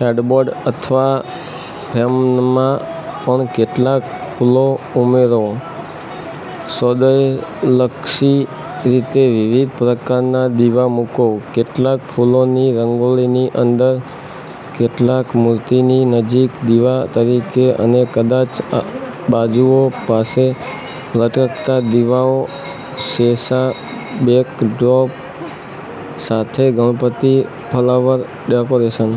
Headboard અથવા ફેમમાં પણ કેટલાક ફલો ઉમેરો. સૌંદયલક્ષી રીતે વિવિધ પ્રકારનાં દીવા મૂકો. કેટલાક ફૂલોની રંગોળીની અંદર, કેટલાક મૂર્તિની નજીક દીવા તરીકે, અને કદાચ બાજુઓ પાસે લટકતા દીવાઓ. શેષા બેકડ્રોપ સાથે ગણપતિ ફ્લાવર ડેકોરેશન.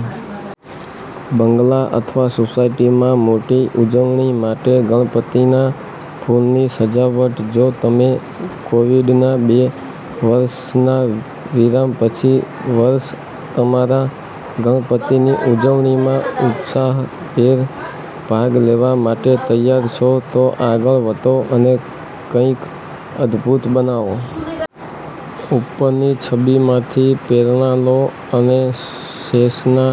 બંગલા અથવા સોસાયટીમાં મોટી ઉજવણી માટે ગણપતિના ફૂલની સજાવટ. જો તમે કોવિડના બે વર્ષના વિરામ પછી વર્ષે તમારા ગણપતિની ઉજવણીમાં ઉત્સાહભેર ભાગ લેવા માટે તૈયાર છો, તો આગળ વધો અને કંઈક અદ્ભુત બનાવો. ઉપરની છબીમાંથી પ્રેરણા લો અને શેષાના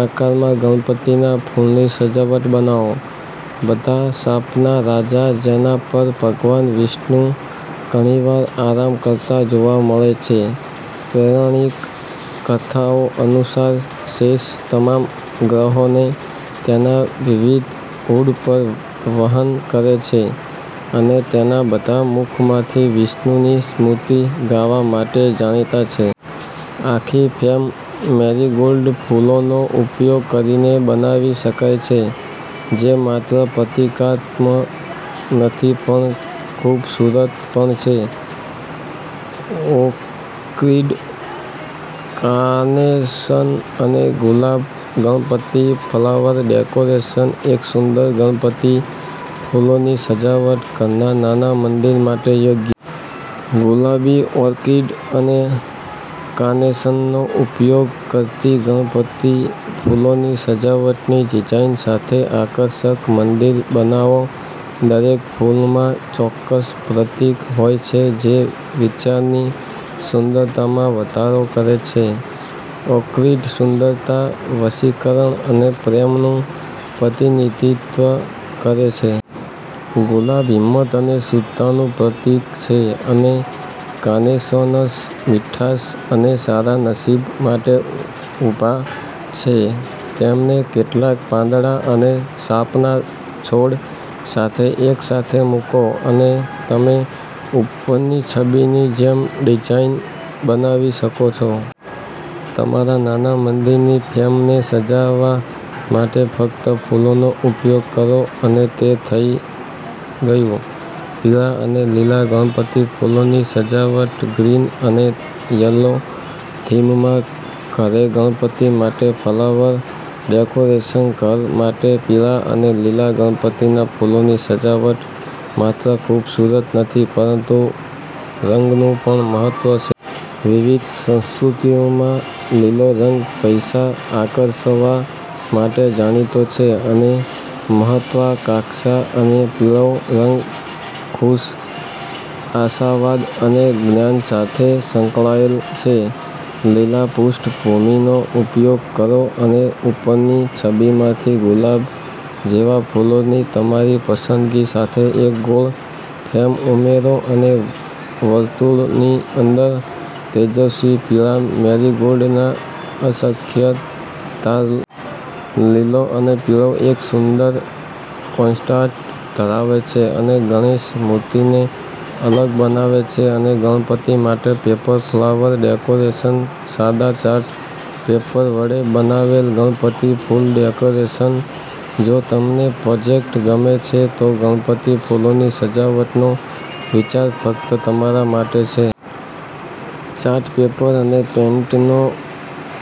આકારમાં ગણપતિના ફૂલની સજાવટ બનાવો. બધા સાપના રાજા જેના પર ભગવાન વિષ્ણુ ઘણીવાર આરામ કરતા જોવા મળે છે. પૌરાણિક કથાઓ અનુસાર, શેષ તમામ ગ્રહોને તેના વિવિધ હૂડ પર વહન કરે છે અને તેના બધા મુખમાંથી વિષ્ણુની સ્તુતિ ગાવા માટે જાણીતા છે. આખી ફ્રેમ મેરીગોલ્ડ ફૂલોનો ઉપયોગ કરીને બનાવી શકાય છે જે માત્ર પ્રતીકાત્મક નથી પણ ખૂબસૂરત પણ છે. ઓર્કિડ, કાર્નેશન અને ગુલાબ ગણપતિ ફ્લાવર ડેકોરેશન. એક સુંદર ગણપતિ ફૂલોની સજાવટ, ઘરના નાના મંદિર માટે યોગ્ય. ગુલાબ, ઓર્કિડ અને કાર્નેશનનો ઉપયોગ કરતી ગણપતિ ફૂલોની સજાવટની ડિઝાઇન સાથે આકર્ષક મંદિર બનાવો. દરેક ફૂલમાં ચોક્કસ પ્રતીક હોય છે જે વિચારની સુંદરતામાં વધારો કરે છે. ઓર્કિડ સુંદરતા, વશીકરણ અને પ્રેમનું પ્રતિનિધિત્વ કરે છે. ગુલાબ હિંમત અને શુદ્ધતાનું પ્રતીક છે, અને કાર્નેશન્સ મીઠાશ અને સારા નસીબ માટે ઊભા છે. તેમને કેટલાક પાંદડા અને સાપના છોડ સાથે એકસાથે મૂકો, અને તમે ઉપરની છબીની જેમ ડિઝાઇન બનાવી શકો છો. તમારા નાના મંદિરની ફ્રેમને સજાવવા માટે ફક્ત ફૂલોનો ઉપયોગ કરો, અને તે થઈ ગયું. પીળા અને લીલા ગણપતિ ફૂલોની સજાવટ. ગ્રીન અને યલો થીમમાં ઘરે ગણપતિ માટે ફ્લાવર ડેકોરેશન. ઘર માટે પીળા અને લીલા ગણપતિના ફૂલની સજાવટ માત્ર ખૂબસૂરત નથી પરંતુ રંગનું પણ મહત્વ છે. વિવિધ સંસ્કૃતિઓમાં, લીલો રંગ પૈસા આકર્ષવા માટે જાણીતો છે, અને મહત્વાકાંક્ષા અને પીળો રંગ સુખ, આશાવાદ અને જ્ઞાન સાથે સંકળાયેલ છે. લીલા પૃષ્ઠભૂમિનો ઉપયોગ કરો અને ઉપરની છબીમાંથી ગુલાબ જેવા ફૂલોની તમારી પસંદગી સાથે એક ગોળ ફ્રેમ ઉમેરો અને વર્તુળની અંદર, તેજસ્વી પીળા મેરીગોલ્ડના અસંખ્ય તાર હોય. લીલો અને પીળો એક સુંદર કોન્ટ્રાસ્ટ ધરાવે છે અને ગણેશ મૂર્તિને અલગ બનાવે છે. ઘરે ગણપતિ માટે પેપર ફ્લાવર ડેકોરેશન. સાદા ચાર્ટ પેપર વડે બનાવેલ ગણપતિ ફૂલ ડેકોરેશન. જો તમને પ્રોજેક્ટ્સ ગમે છે, તો ગણપતિ ફૂલોની સજાવટનો વિચાર ફક્ત તમારા માટે છે. ચાર્ટ પેપર અને પેઇન્ટનો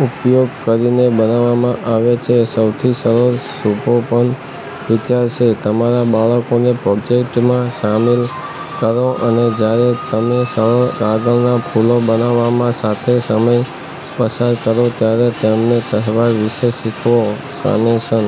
ઉપયોગ કરીને બનાવવામાં આવે છે, સૌથી સરળ સુશોભન વિચાર છે. તમારા બાળકોને પ્રોજેક્ટમાં સામેલ કરો અને જ્યારે તમે સરળ કાગળના ફૂલો બનાવવામાં સાથે સમય પસાર કરો ત્યારે તેમને તહેવાર વિશે શીખવો. કાર્નેશન